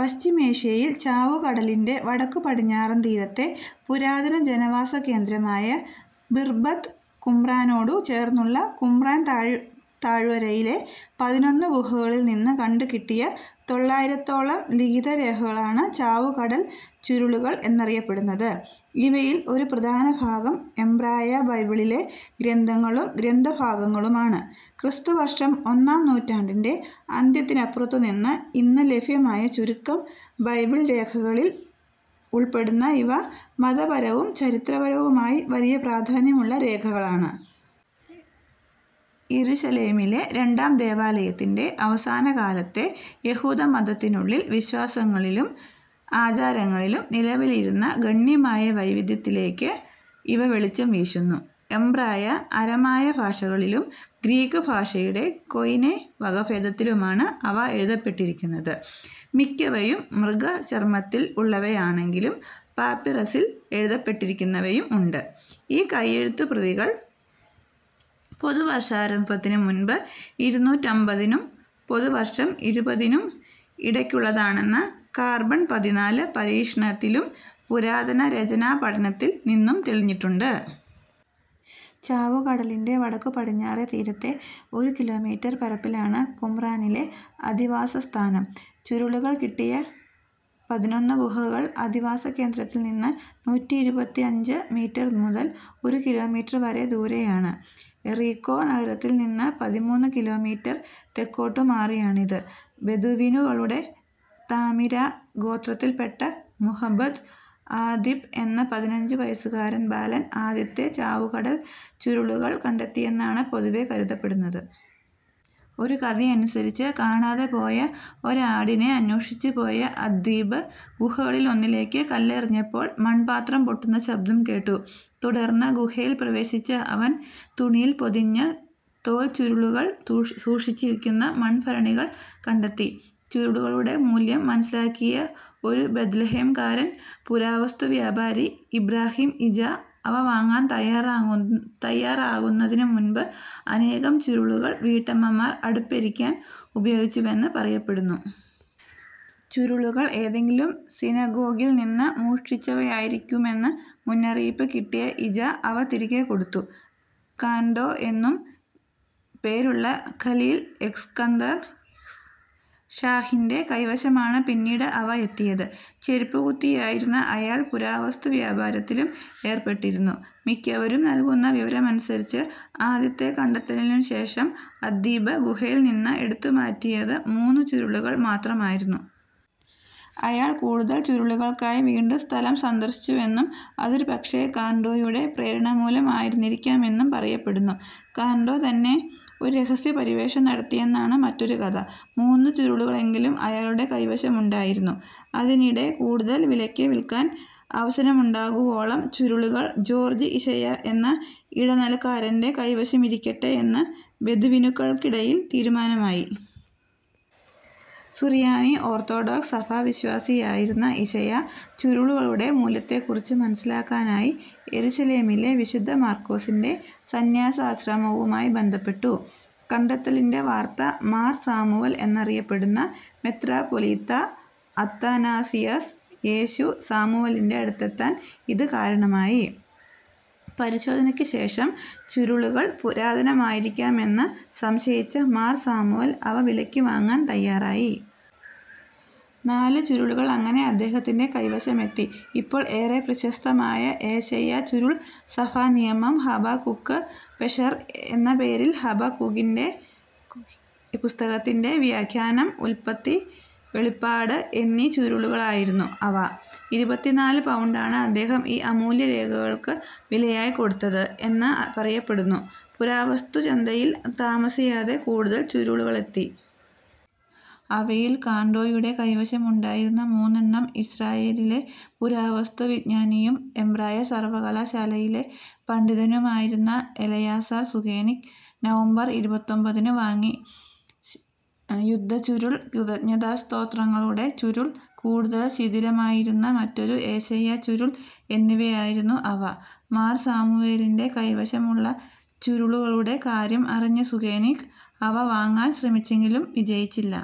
പശ്ചിമേഷ്യയിൽ ചാവുകടലിൻ്റെ വടക്കുപടിഞ്ഞാറൻ തീരത്തെ പുരാതന ജനവാസകേന്ദ്രമായ ബിർബത്ത് കുമ്രാനോടു ചേർന്നുള്ള കുമ്രാൻ താഴ് താഴ്വരയിലെ പതിനൊന്ന് ഗുഹകളിൽ നിന്ന് കണ്ടുകിട്ടിയ തൊള്ളായിരത്തോളം ലിഖിതരേഖകളാണ് ചാവുകടൽ ചുരുളുകൾ എന്നറിയപ്പെടുന്നത്. ഇവയിൽ ഒരു പ്രധാനഭാഗം എംബ്രായ ബൈബിളിലെ ഗ്രന്ഥങ്ങളും ഗ്രന്ഥഭാഗങ്ങളുമാണ്. ക്രിസ്തുവർഷം ഒന്നാം നൂറ്റാണ്ടിൻ്റെ അന്ത്യത്തിനപ്പുറത്തുനിന്ന് ഇന്ന് ലഭ്യമായ ചുരുക്കം ബൈബിൾ രേഖകളിൽ ഉൾപ്പെടുന്ന ഇവ, മതപരവും ചരിത്രപരവുമായി വലിയ പ്രാധാന്യമുള്ള രേഖകളാണ്. യെരുശലേമിലെ രണ്ടാം ദേവാലയത്തിൻ്റെ അവസാനകാലത്തെ യഹൂദമതത്തിനുള്ളിൽ, വിശ്വാസങ്ങളിലും ആചാരങ്ങളിലും നിലവിലിരുന്ന ഗണ്യമായ വൈവിധ്യത്തിലേക്ക് ഇവ വെളിച്ചം വീശുന്നു. എംബ്രായ, അരമായ ഭാഷകളിലും ഗ്രീക്ക് ഭാഷയുടെ കൊയ്നെ വകഭേദത്തിലുമാണ് അവ എഴുതപ്പെട്ടിരിക്കുന്നത്. മിക്കവയും മൃഗചർമ്മത്തിൽ ഉള്ളവയാണെങ്കിലും പാപ്പിറസിൽ എഴുതപ്പെട്ടിരിക്കുന്നവയും ഉണ്ട്. ഈ കൈയെഴുത്തുപ്രതികൾ പൊതുവർഷാരംഭത്തിന് മുൻപ് ഇരുനൂറ്റമ്പതിനും പൊതുവർഷം എഴുപതിനും ഇടയ്ക്കുള്ളതാണെന്ന് കാർബൺ പതിനാല് പരീക്ഷണത്തിലും പുരാതന രചനാപഠനത്തിൽ നിന്നും തെളിഞ്ഞിട്ടുണ്ട്. ചാവുകടലിൻ്റെ വടക്കുപടിഞ്ഞാറെ തീരത്തെ ഒരു കിലോമീറ്റർ പരപ്പിലാണ് കുമ്രാനിലെ അധിവാസസ്ഥാനം. ചുരുളുകൾ കിട്ടിയ പതിനൊന്ന് ഗുഹകൾ അധിവാസകേന്ദ്രത്തിൽ നിന്ന് നൂറ്റിയിരുപത്തഞ്ച് മീറ്റർ മുതൽ ഒരു കിലോമീറ്റർ വരെ ദൂരെയാണ്. യെറീക്കോ നഗരത്തിൽ നിന്ന് പതിമൂന്ന് കിലോമീറ്റർ തെക്കോട്ടുമാറിയാണിത്. ബെദൂവിനുകളുടെ താമിരാ ഗോത്രത്തിൽ പെട്ട മുഹമ്മദ് ആദ്ദിബ്ബ് എന്ന പതിനഞ്ചുവയസ്സുകാരൻ ബാലൻ ആദ്യത്തെ ചാവുകടൽ ചുരുളുകൾ കണ്ടെത്തിയെന്നാണ് പൊതുവേ കരുതപ്പെടുന്നത്. ഒരു കഥയനുസരിച്ച് കാണാതെപോയ ഒരാടിനെ അന്വേഷിച്ചുപോയ അദ്ദീബ്, ഗുഹകളിലൊന്നിലേക്ക് കല്ലെറിഞ്ഞപ്പോൾ മൺപാത്രം പൊട്ടുന്ന ശബ്ദം കേട്ടു. തുടർന്ന് ഗുഹയിൽ പ്രവേശിച്ച അവൻ, തുണിയിൽ പൊതിഞ്ഞ തോൽച്ചുരുളുകൾ തൂ സൂക്ഷിച്ചിരിക്കുന്ന മൺഭരണികൾ കണ്ടെത്തി. ചുരുളുകളുടെ മൂല്യം മനസ്സിലാക്കിയ ഒരു ബെത്ലഹേംകാരൻ പുരാവസ്തു വ്യാപാരി ഇബ്രാഹിം ഇജാ അവ വാങ്ങാൻ തയ്യാറാ തയ്യാറാകുന്നതിന് മുൻപ്, അനേകം ചുരുളുകൾ വീട്ടമ്മമാർ അടുപ്പെരിക്കാൻ ഉപയോഗിച്ചുവെന്ന് പറയപ്പെടുന്നു. ചുരുളുകൾ ഏതെങ്കിലും സിനഗോഗിൽ നിന്ന് മോഷ്ടിച്ചവയായിരിക്കുമെന്ന് മുന്നറിയിപ്പ് കിട്ടിയ ഇജാ അവ തിരികെ കൊടുത്തു. കാൻഡോ എന്നും പേരുള്ള ഖലീൽ എസ്കന്ദർ ഷാഹിൻ്റെ കൈവശമാണ് പിന്നീട് അവ എത്തിയത്. ചെരുപ്പുകുത്തിയായിരുന്ന അയാൾ പുരാവസ്തു വ്യാപാരത്തിലും ഏർപ്പെട്ടിരുന്നു. മിക്കവരും നൽകുന്ന വിവരമനുസരിച്ച് ആദ്യത്തെ കണ്ടെത്തലിനുശേഷം അദ്ദീബ് ഗുഹയിൽ നിന്ന് എടുത്തുമാറ്റിയത് മൂന്ന് ചുരുളുകൾ മാത്രമായിരുന്നു. അയാൾ കൂടുതൽ ചുരുളുകൾക്കായി വീണ്ടും സ്ഥലം സന്ദർശിച്ചുവെന്നും അതൊരുപക്ഷേ കാൻഡോയുടെ പ്രേരണമൂലം ആയിരുന്നിരിക്കാം എന്നും പറയപ്പെടുന്നു. കാൻഡോ തന്നെ ഒരു രഹസ്യപര്യവേഷണം നടത്തിയെന്നാണ് മറ്റൊരു കഥ. മൂന്ന് ചുരുളുകളെങ്കിലും അയാളുടെ കൈവശമുണ്ടായിരുന്നു. അതിനിടെ കൂടുതൽ വിലയ്ക്ക് വിൽക്കാൻ അവസരമുണ്ടാകുവോളം ചുരുളുകൾ ജോർജ്ജ് ഇശയാ എന്ന ഇടനിലക്കാരൻ്റെ കൈവശമിരിക്കട്ടെ എന്ന് ബെദൂവിനുകൾക്കിടയിൽ തീരുമാനമായി. സുറിയാനി ഓർത്തോഡോക്സ് സഭാവിശ്വാസിയായിരുന്ന ഇശയാ ചുരുളുകളുടെ മൂല്യത്തെക്കുറിച്ച് മനസ്സിലാക്കാനായി, യെരുശലേമിലെ വിശുദ്ധ മാർക്കോസിൻ്റെ സന്ന്യാസാശ്രമവുമായി ബന്ധപ്പെട്ടു. കണ്ടെത്തലിൻ്റെ വാർത്ത മാർ സാമുവൽ എന്നറിയപ്പെടുന്ന മെത്രാപ്പോലീത്താ അത്താനാസിയസ് യേശു സാമുവലിൻ്റെ അടുത്തെത്താൻ ഇത് കാരണമായി. പരിശോധനയ്ക്ക് ശേഷം ചുരുളുകൾ പുരാതനമായിരിക്കാമെന്ന് സംശയിച്ച മാർ സാമുവൽ അവ വിലയ്ക്ക് വാങ്ങാൻ തയ്യാറായി. നാല് ചുരുളുകൾ അങ്ങനെ അദ്ദേഹത്തിൻ്റെ കൈവശമെത്തി. ഇപ്പോൾ ഏറെ പ്രശസ്തമായ ഏശയ്യാ ചുരുൾ, സഭാനിയമം, ഹബക്കുക്ക് പെഷെർ എന്ന പേരിൽ ഹബകുഗിൻ്റെ പുസ്തകത്തിൻ്റെ വ്യാഖ്യാനം, ഉല്പത്തി വെളിപ്പാട് എന്നീ ചുരുളുകളായിരുന്നു അവ. ഇരുപത്തിനാല് പൗണ്ടാണ് അദ്ദേഹം ഈ അമൂല്യരേഖകൾക്ക് വിലയായി കൊടുത്തത് എന്ന് പറയപ്പെടുന്നു. പുരാവസ്തുച്ചന്തയിൽ താമസിയാതെ കൂടുതൽ ചുരുളുകളെത്തി. അവയിൽ കാൻഡോയുടെ കൈവശമുണ്ടായിരുന്ന മൂന്നെണ്ണം ഇസ്രായേലിലെ പുരാവസ്തുവിജ്ഞാനിയും എംബ്രായ സർവ്വകലാശാലയിലെ പണ്ഡിതനുമായിരുന്ന എലയാസർ സുകേനിക് നവംബർ ഇരുപത്തൊമ്പതിന് വാങ്ങി. യുദ്ധച്ചുരുൾ, കൃതജ്ഞതാസ്തോത്രങ്ങളുടെ ചുരുൾ, കൂടുതൽ ശിഥിലമായിരുന്ന മറ്റൊരു ഏശയ്യാ ചുരുൾ എന്നിവയായിരുന്നു അവ. മാർ സാമുവേലിൻ്റെ കൈവശമുള്ള ചുരുളുകളുടെ കാര്യം അറിഞ്ഞ സുകേനിക് അവ വാങ്ങാൻ ശ്രമിച്ചെങ്കിലും വിജയിച്ചില്ല.